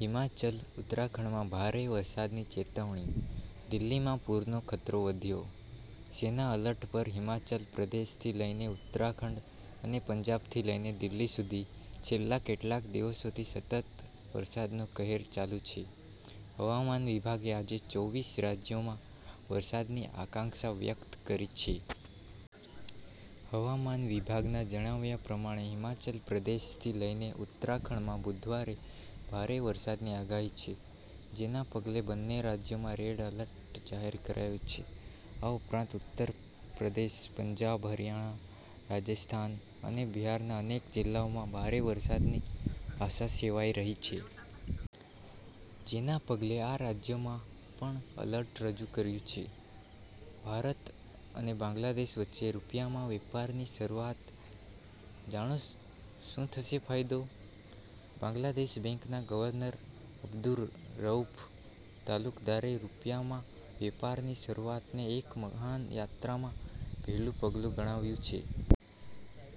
હિમાચલ-ઉત્તરાખંડમાં ભારે વરસાદની ચેતવણી, દિલ્હીમાં પૂરનો ખતરો વધ્યો, સેના એલર્ટ પર હિમાચલ પ્રદેશથી લઇને ઉત્તરાખંડ અને પંજાબથી લઇને દિલ્હી સુધી છેલ્લા કેટલાક દિવસોથી સતત વરસાદનો કહેર ચાલું છે. હવામાન વિભાગે આજે ચોવીસ રાજ્યોમાં વરસાદની આશંકા વ્યક્ત કરી છે. હવામાન વિભાગના જણાવ્યા પ્રમાણે હિમાચલ પ્રદેશથી લઇને ઉત્તરાખંડમાં બુધવારે ભારે વરસાદની આગાહી છે. જેના પગલે બંને રાજ્યોમાં રેડ એલર્ટ જાહેર કરાયું છે. આ ઉપરાંત ઉત્તર પ્રદેશ, પંજાબ હરિયાણા, રાજસ્થાન અને બિહારના અનેક જિલ્લાઓમાં ભારે વરસાદની આશા સેવાઈ રહી છે. જેના પગલે આ રાજ્યોમાં પણ એલર્ટ રજૂ કર્યું છે. ભારત અને બાંગ્લાદેશ વચ્ચે રૂપિયામાં વેપારની શરુઆત, જાણો શું થશે ફાયદો? બાંગ્લાદેશ બેંકના ગવર્નર અબ્દુર રઉફ તાલુકદારે રુપિયામાં વેપારની શરુઆતને એક મહાન યાત્રામાં પહેલું પગલું ગણાવ્યું છે.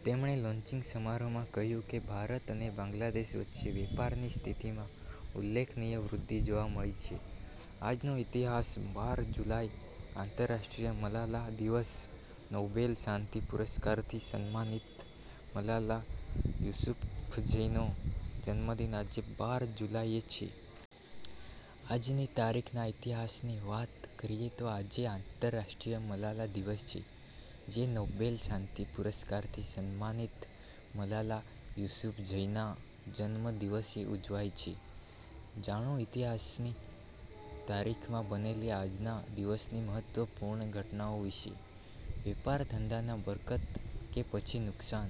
તેમણે લોન્ચિંગ સમારોહમાં કહ્યું કે ભારત અને બાંગ્લાદેશ વચ્ચે વેપારની સ્થિતિમાં ઉલ્લેખનીય વૃદ્ધિ જોવા મળી છે. આજનો ઇતિહાસ બાર જુલાઇ:- આંતરરાષ્ટ્રીય મલાલા દિવસ, નોબેલ શાંતિ પુરસ્કારથી સમ્માનિત મલાલા યુસુફઝઈનો જન્મદિન આજે બાર જુલાઇએ છે. આજની તારીખના ઇતિહાસની વાત કરીએ તો આજે આંતરરાષ્ટ્રીય મલાલા દિવસ છે, જે નોબેલ શાંતિ પુરસ્કારથી સમ્માનિત મલાલા યુસુફઝઈના જન્મ દિવસે ઉજવાય છે. જાણો ઇતિહાસની તવારીખમાં બનેલી આજના દિવસની મહત્વપૂર્ણ ઘટનાઓ વિશે. વેપાર ધંધામાં બરકત કે પછી નુકસાન,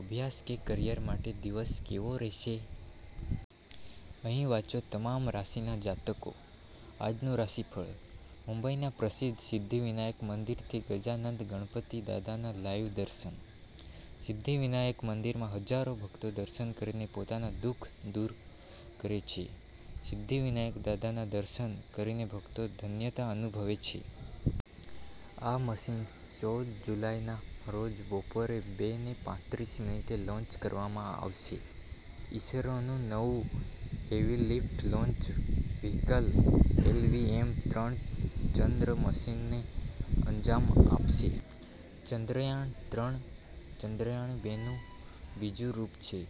અભ્યાસ કે કરિયર માટે દિવસ કેવો રહેશે? અહીં વાંચો તમામ રાશિના જાતકો. આજનું રાશિફળ. મુંબઇના પ્રસિદ્ધ સિદ્ધિ વિનાયક મંદિરથી ગજાનંદ ગણપતિ દાદાના લાઇવ દર્શન:- સિદ્ધિ વિનાયક મંદિરમાં હજારો ભક્તો દર્શન કરીને પોતાના દુઃખ દૂર કરે છે. સિદ્ધિ વિનાયક દાદાના દર્શન કરીને ભક્તો ધન્યતા અનુભવે છે. આ મિશન ચૌદ જુલાઈના રોજ બપોરે બે ને પાંત્રીસ મિનિટે લોન્ચ કરવામાં આવશે. ઈસરોનું નવું હેવીલિફ્ટ લોન્ચ વ્હીકલ એલ.વી.એમ.-ત્રણ ચંદ્ર મિશનને અંજામ આપશે. ચંદ્રયાન-ત્રણ, ચંદ્રયાન-બેનું બીજું રૂપ છે.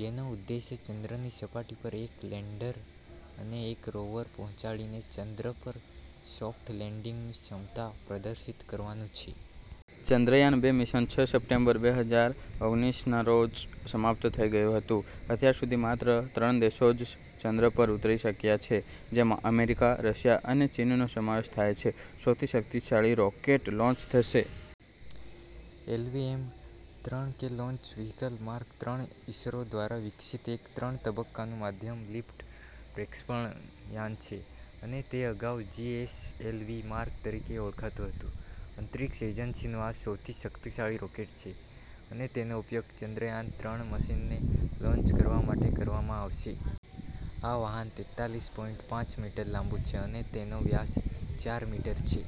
જેનો ઉદ્દેશ્ય ચંદ્રની સપાટી પર એક લેન્ડર અને એક રોવર પહોંચાડીને ચંદ્ર પર સોફ્ટ લેન્ડિંગની ક્ષમતા પ્રદર્શિત કરવાનું છે. ચંદ્રયાન-બે મિશન છ સપ્ટેમ્બર બે હજાર ઓગણીસ ના રોજ સમાપ્ત થઇ ગયું હતું. અત્યાર સુધી માત્ર ત્રણ દેશો જ ચંદ્ર પર ઉતરી શક્યા છે. જેમાં અમેરિકા, રશિયા અને ચીનનો સમાવેશ થાય છે. સૌથી શક્તિશાળી રોકેટ લોન્ચ થશે. એલ.વી.એમ.-ત્રણ કે લોન્ચ વ્હીકલ માર્ક-ત્રણ ઇસરો દ્વારા વિકસિત એક ત્રણ તબક્કાનું મધ્યમ-લિફ્ટ પ્રક્ષેપણ યાન છે અને તે અગાઉ જી.એસ.એલ.વી. માર્ક તરીકે ઓળખાતું હતું. અંતરિક્ષ એજન્સીનું આ સૌથી શક્તિશાળી રોકેટ છે અને તેનો ઉપયોગ ચંદ્રયાન-ત્રણ મિશનને લોન્ચ કરવા માટે કરવામાં આવશે. આ વાહન તેતાલીસ પોઈન્ટ પાંચ મીટર લાંબું છે અને તેનો વ્યાસ ચાર મીટર છે.